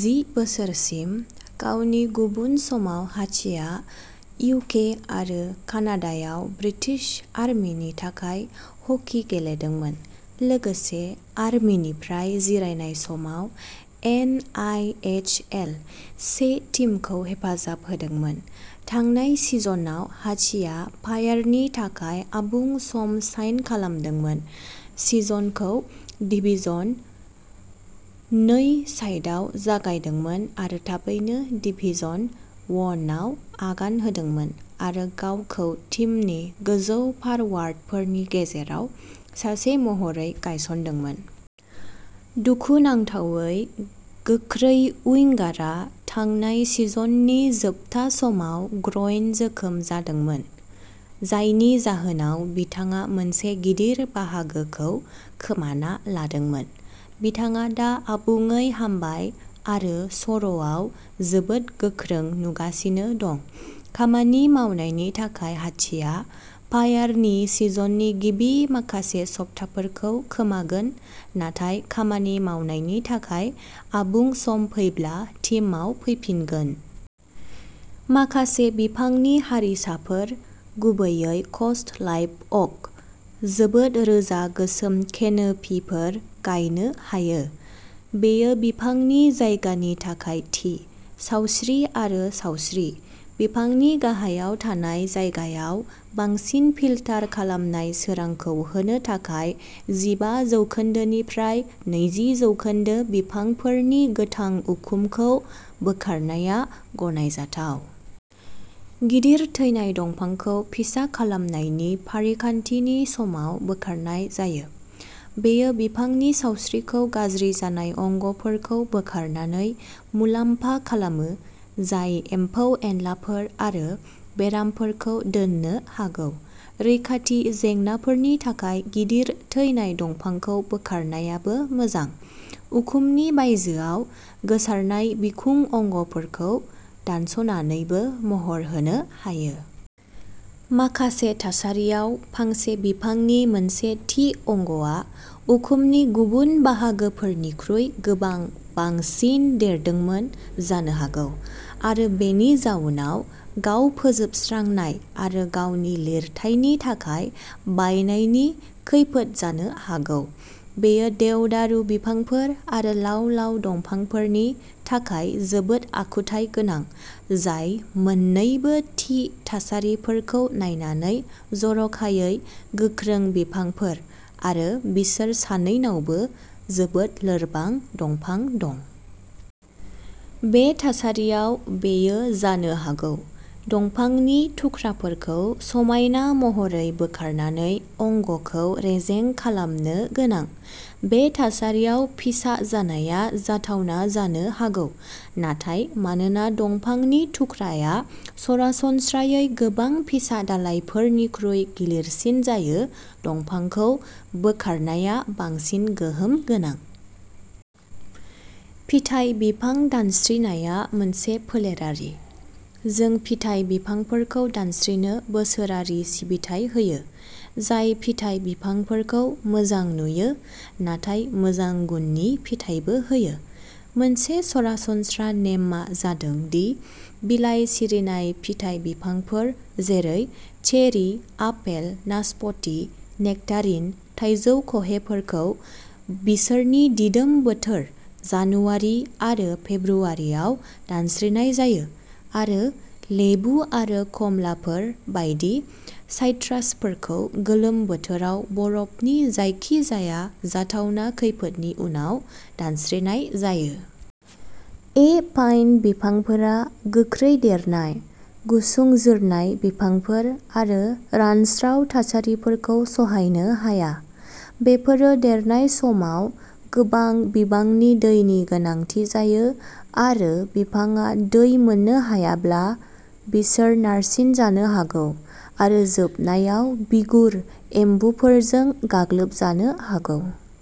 जि बोसोरसिम। गावनि गुबुन समाव हाचीआ इउके आरो कानाडायाव ब्रिटिश आर्मिनि थाखाय हकी गेलेदोंमोन, लोगोसे आर्मिनिफ्राय जिरायनाय समाव एन. आइ. एच. एल. से टीमखौ हेफाजाब होदोंमोन। थांनाय सिजनआव हाचीआ फायारनि थाखाय आबुं सम साइन खालामदोंमोन, सिजनखौ डिभिजन नै साइडआव जागायदोंमोन आरो थाबैनो डिभिजन वनआव आगान होदोंमोन आरो गावखौ टीमनि गोजौ फारवार्डफोरनि गेजेराव सासे महरै गायसनदोंमोन। दुखुनांथावै गोख्रै उइंगारआ थांनाय सिजननि जोबथा समाव ग्रइन जोखोम जादोंमोन, जायनि जाहोनाव बिथाङा मोनसे गिदिर बाहागोखौ खोमाना लादोंमोन। बिथाङा दा आबुङै हामबाय आरो सर'आव जोबोद गोख्रों नुगासिनो दं। खामानि मावनायनि थाखाय हाचीआ फायारनि सिजननि गिबि माखासे सप्ताफोरखौ खोमागोन नाथाय खामानि मावनायनि थाखाय आबुं सम फैब्ला टीमआव फैफिनगोन। माखासे बिफांनि हारिसाफोर, गुबैयै क'स्ट लाइभ अक, जोबोद रोजा गोसोम केनोपिफोर गायनो हायो। बेयो बिफांनि जायगानि थाखाय थि। सावस्रि आरो सावस्रि। बिफांनि गाहायाव थानाय जायगायाव बांसिन फिल्टार खालामनाय सोरांखौ होनो थाखाय जिबा जौखोन्दो निफ्राय नैजि जौखोन्दो बिफांफोरनि गोथां उखुमखौ बोखारनाया गनायजाथाव। गिदिर थैनाय दंफांखौ फिसा खालामनायनि फारिखान्थिनि समाव बोखारनाय जायो। बेयो बिफांनि सावस्रिखौ गाज्रि जानाय अंगफोरखौ बोखारनानै मुलाम्फा खालामो, जाय एम्फौ-एनलाफोर आरो बेरामफोरखौ दोननो हागौ। रैखाथि जेंनाफोरनि थाखाय गिदिर थैनाय दंफांखौ बोखारनायाबो मोजां। उखुमनि बायजोआव गोसारनाय बिखुं अंगफोरखौ दानस'नानैबो महर होनो हायो। माखासे थासारियाव फांसे बिफांनि मोनसे थि अंगआ उखुमनि गुबुन बाहागोफोरनिख्रुइ गोबां बांसिन देरदोंमोन जानो हागौ आरो बेनि जाउनाव "गाव फोजोबस्रांनाय" आरो गावनि लिरथायनि थाखाय बायनायनि खैफोद जानो हागौ। बेयो देवदारु बिफांफोर आरो लाव-लाव दंफांफोरनि थाखाय जोबोद आखुथाय गोनां, जाय मोन्नैबो थि थासारिफोरखौ नायनानै जर'खायै गोख्रों बिफांफोर आरो बिसोर सानैनावबो जोबोद लोरबां दंफां दं। बे थासारियाव बेयो जानो हागौ। दंफांनि थुख्राफोरखौ समायना महरै बोखारनानै अंगखौ रेजें खालामनो गोनां। बे थासारियाव फिसा जानाया जाथावना जानो हागौ, नाथाय, मानोना दंफांनि थुख्राआ सरासनस्रायै गोबां फिसा दालायफोरनिख्रुइ गिलिरसिन जायो, दंफांखौ बोखारनाया बांसिन गोहोम गोनां। फिथाइ बिफां दानस्रिनाया मोनसे फोलेरारि। जों फिथाइ बिफांफोरखौ दानस्रिनो बोसोरारि सिबिथाइ होयो, जाय फिथाइ बिफांफोरखौ मोजां नुयो नाथाय मोजां गुननि फिथाइबो होयो। मोनसे सरासनस्रा नेमआ जादों दि बिलाइ सिरिनाय फिथाइ बिफांफोर जेरै चेरि, आपेल, नासपति, नेक्टारिन, थाइजौ खहेफोरखौ बिसोरनि दिदोम बोथोर-जानुवारि आरो फेब्रुवारियाव दानस्रिनाय जायो; आरो लेबु आरो खमलाफोर बायदि साइट्रासफोरखौ गोलोम बोथोराव बरफनि जायखिजाया जाथावना खैफोदनि उनाव दानस्रिनाय जायो। ए पाइन बिफांफोरा गोख्रै देरनाय, गुसुं जोरनाय बिफांफोर आरो रानस्राव थासारिफोरखौ सहायनो हाया। बेफोरो देरनाय समाव गोबां बिबांनि दैनि गोनांथि जायो आरो बिफांआ दै मोननो हायाब्ला बिसोर नारसिनजानो हागौ आरो जोबनायाव बिगुर एम्बुफोरजों गाग्लोबजानो हागौ।